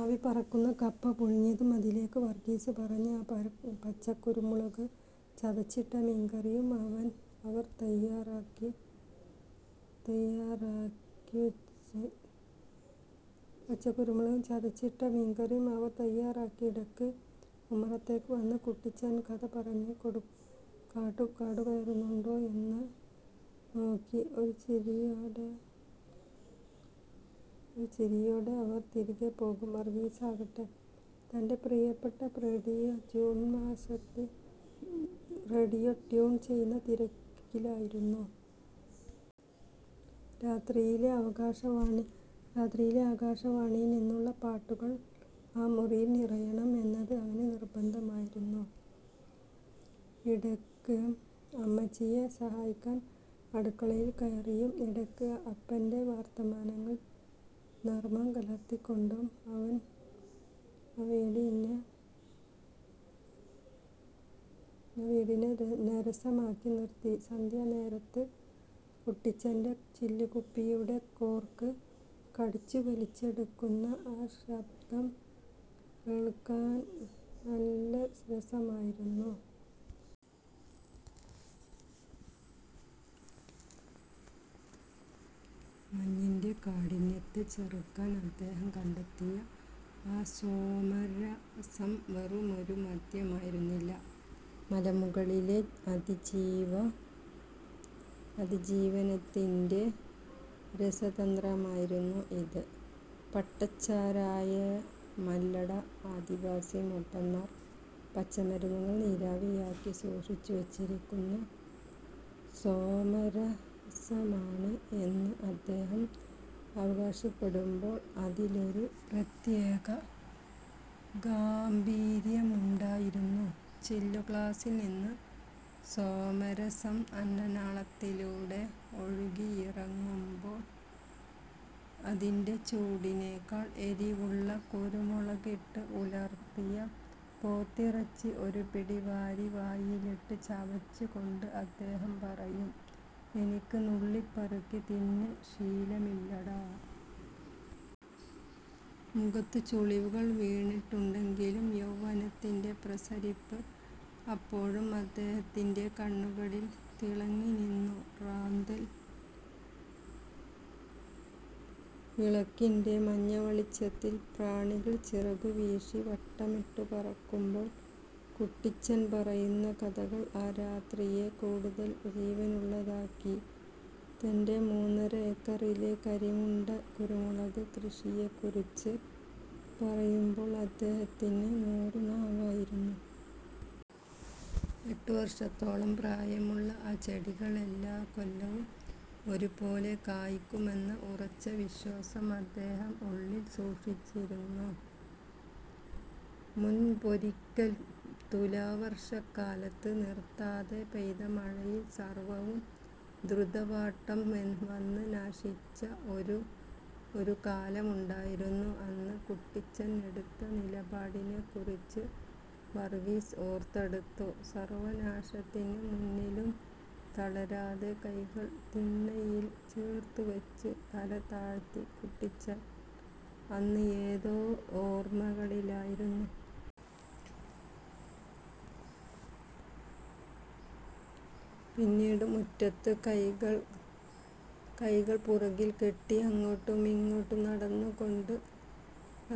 ആവി പറക്കുന്ന കപ്പ പുഴുങ്ങിയതും, അതിലേക്ക് വർഗീസ് പറഞ്ഞ ആ 'പച്ചക്കുരുമുളക്' ചതച്ചിട്ട മീൻകറിയും അവർ തയ്യാറാക്കി. ഇടയ്ക്ക് ഉമ്മറത്തേക്ക് വന്ന്, കുട്ടിച്ചൻ കഥ പറഞ്ഞു കാടുകയറുന്നുണ്ടോ എന്ന് നോക്കി ഒരു ചിരിയോടെ അവർ തിരികെ പോകും. വർഗീസാകട്ടെ, തന്റെ പ്രിയപ്പെട്ട റേഡിയോ ട്യൂൺ ചെയ്യുന്ന തിരക്കിലായിരുന്നു. രാത്രിയിലെ ആകാശവാണിയിൽ നിന്നുള്ള പാട്ടുകൾ ആ മുറിയിൽ നിറയണം എന്നത് അവന് നിർബന്ധമായിരുന്നു. ഇടയ്ക്ക് അമ്മച്ചിയെ സഹായിക്കാൻ അടുക്കളയിൽ കയറിയും, ഇടയ്ക്ക് അപ്പന്റെ വർത്തമാനങ്ങളിൽ നർമ്മം കലർത്തിക്കൊണ്ടും അവൻ ആ വീടിനെ സരസമാക്കി നിർത്തി. സന്ധ്യാനേരത്ത് കുട്ടിച്ചന്റെ ചില്ലുകുപ്പിയുടെ കോർക്ക് കടിച്ചുവലിച്ചെടുക്കുന്ന ആ ശബ്ദം കേൾക്കാൻ നല്ല രസമായിരുന്നു. മഞ്ഞിന്റെ കാഠിന്യത്തെ ചെറുക്കാൻ അദ്ദേഹം കണ്ടെത്തിയ ആ സോമരസം വെറുമൊരു മദ്യമായിരുന്നില്ല, മലമുകളിലെ അതിജീവനത്തിന്റെ രസതന്ത്രമായിരുന്നു. "ഇത് പട്ടച്ചാരായമല്ലട... ആദിവാസി മൂപ്പന്മാർ പച്ചമരുന്നുകൾ നീരാവിയാക്കി സൂക്ഷിച്ചുവെച്ചിരിക്കുന്ന സോമരസമാണ്" എന്ന് അദ്ദേഹം അവകാശപ്പെടുമ്പോൾ അതിലൊരു പ്രത്യേക ഗാംഭീര്യമുണ്ടായിരുന്നു. ചില്ലുഗ്ലാസിൽനിന്ന് സോമരസം അന്നനാളത്തിലൂടെ ഒഴുകിയിറങ്ങുമ്പോൾ, അതിന്റെ ചൂടിനേക്കാൾ എരിവുള്ള കുരുമുളകിട്ട് ഉലർത്തിയ പോത്തിറച്ചി ഒരുപിടി വാരി വായിലിട്ട് ചവച്ചുകൊണ്ട് അദ്ദേഹം പറയും, "എനിക്ക് നുള്ളിപ്പെറുക്കി തിന്ന് ശീലമില്ലെടാ. " മുഖത്ത് ചുളിവുകൾ വീണിട്ടുണ്ടെങ്കിലും യൗവനത്തിന്റെ പ്രസരിപ്പ് അപ്പോഴും അദ്ദേഹത്തിന്റെ കണ്ണുകളിൽ തിളങ്ങിനിന്നു. റാന്തൽ വിളക്കിന്റെ മഞ്ഞവെളിച്ചത്തിൽ പ്രാണികൾ ചിറകുവീശി വട്ടമിട്ടു പറക്കുമ്പോൾ കുട്ടിച്ചൻ പറയുന്ന കഥകൾ ആ രാത്രിയെ കൂടുതൽ ജീവനുള്ളതാക്കി. തന്റെ മൂന്നര ഏക്കറിലെ കരിമുണ്ട കുരുമുളക് കൃഷിയെക്കുറിച്ച് പറയുമ്പോൾ അദ്ദേഹത്തിന് നൂറുനാവായിരുന്നു. എട്ടു വർഷത്തോളം പ്രായമുള്ള ആ ചെടികൾ എല്ലാക്കൊല്ലവും ഒരുപോലെ കായ്ക്കുമെന്ന ഉറച്ച വിശ്വാസം അദ്ദേഹം ഉള്ളിൽ സൂക്ഷിച്ചിരുന്നു. മുൻപൊരിക്കൽ തുലാവർഷക്കാലത്ത്, നിർത്താതെ പെയ്ത മഴയിൽ സർവ്വവും ദ്രുതവാട്ടം വന്ന് നശിച്ച ഒരു കാലമുണ്ടായിരുന്നു. അന്ന് കുട്ടിച്ചൻ എടുത്ത നിലപാടിനെക്കുറിച്ച് വർഗീസ് ഓർത്തെടുത്തു. സർവ്വനാശത്തിന് മുന്നിലും തളരാതെ, കൈകൾ തിണ്ണയിൽ ചേർത്തുവെച്ച് തലതാഴ്ത്തി കുട്ടിച്ചൻ അന്ന് ഏതോ ഓർമ്മകളിലായിരുന്നു. പിന്നീട് മുറ്റത്ത് കൈകൾ പുറകിൽ കെട്ടി അങ്ങോട്ടുമിങ്ങോട്ടും നടന്നുകൊണ്ട്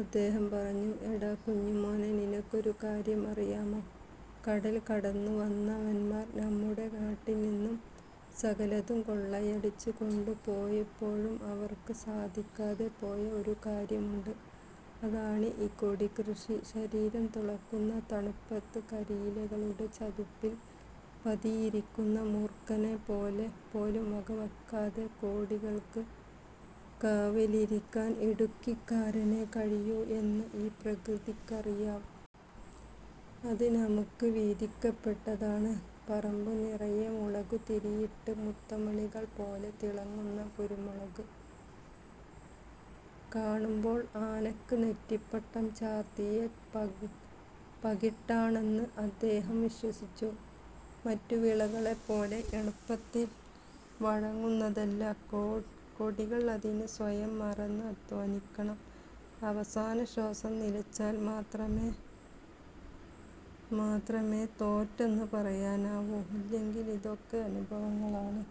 അദ്ദേഹം പറഞ്ഞു: "എടാ കുഞ്ഞുമോനെ, നിനക്കൊരു കാര്യം അറിയാമോ? കടൽ കടന്നുവന്നവന്മാർ നമ്മുടെ നാട്ടിൽ നിന്ന് സകലതും കൊള്ളയടിച്ചു കൊണ്ടുപോയപ്പോഴും അവർക്ക് സാധിക്കാതെ പോയ ഒരു കാര്യമുണ്ട്—അതാണ് ഈ കൊടികൃഷി. ശരീരം തുളയ്ക്കുന്ന തണുപ്പത്ത്, കരിയിലകളുടെ ചതുപ്പിൽ പതിയിരിക്കുന്ന മൂർഖനെപ്പോലും വകവെക്കാതെ കൊടികൾക്ക് കാവലിരിക്കാൻ ഇടുക്കിക്കാരനേ കഴിയൂ എന്ന് ഈ പ്രകൃതിക്കറിയാം. അത് നമുക്ക് വിധിക്കപ്പെട്ടതാണ്. " പറമ്പുനിറയെ മുളക്കുതിരിയിട്ട്, മുത്തുമണികൾ പോലെ തിളങ്ങുന്ന കുരുമുളക് കാണുമ്പോൾ ആനയ്ക്ക് നെറ്റിപ്പട്ടം ചാർത്തിയ പകിട്ടാണെന്ന് അദ്ദേഹം വിശ്വസിച്ചു. മറ്റു വിളകളെപ്പോലെ എളുപ്പത്തിൽ വഴങ്ങുന്നതല്ല കൊടികൾ; അതിന് സ്വയം മറന്ന് അധ്വാനിക്കണം. "അവസാന ശ്വാസം നിലച്ചാൽ മാത്രമേ തോറ്റെന്ന് പറയാനാവൂ, ഇല്ലെങ്കിൽ ഇതൊക്കെ അനുഭവങ്ങളാണ്.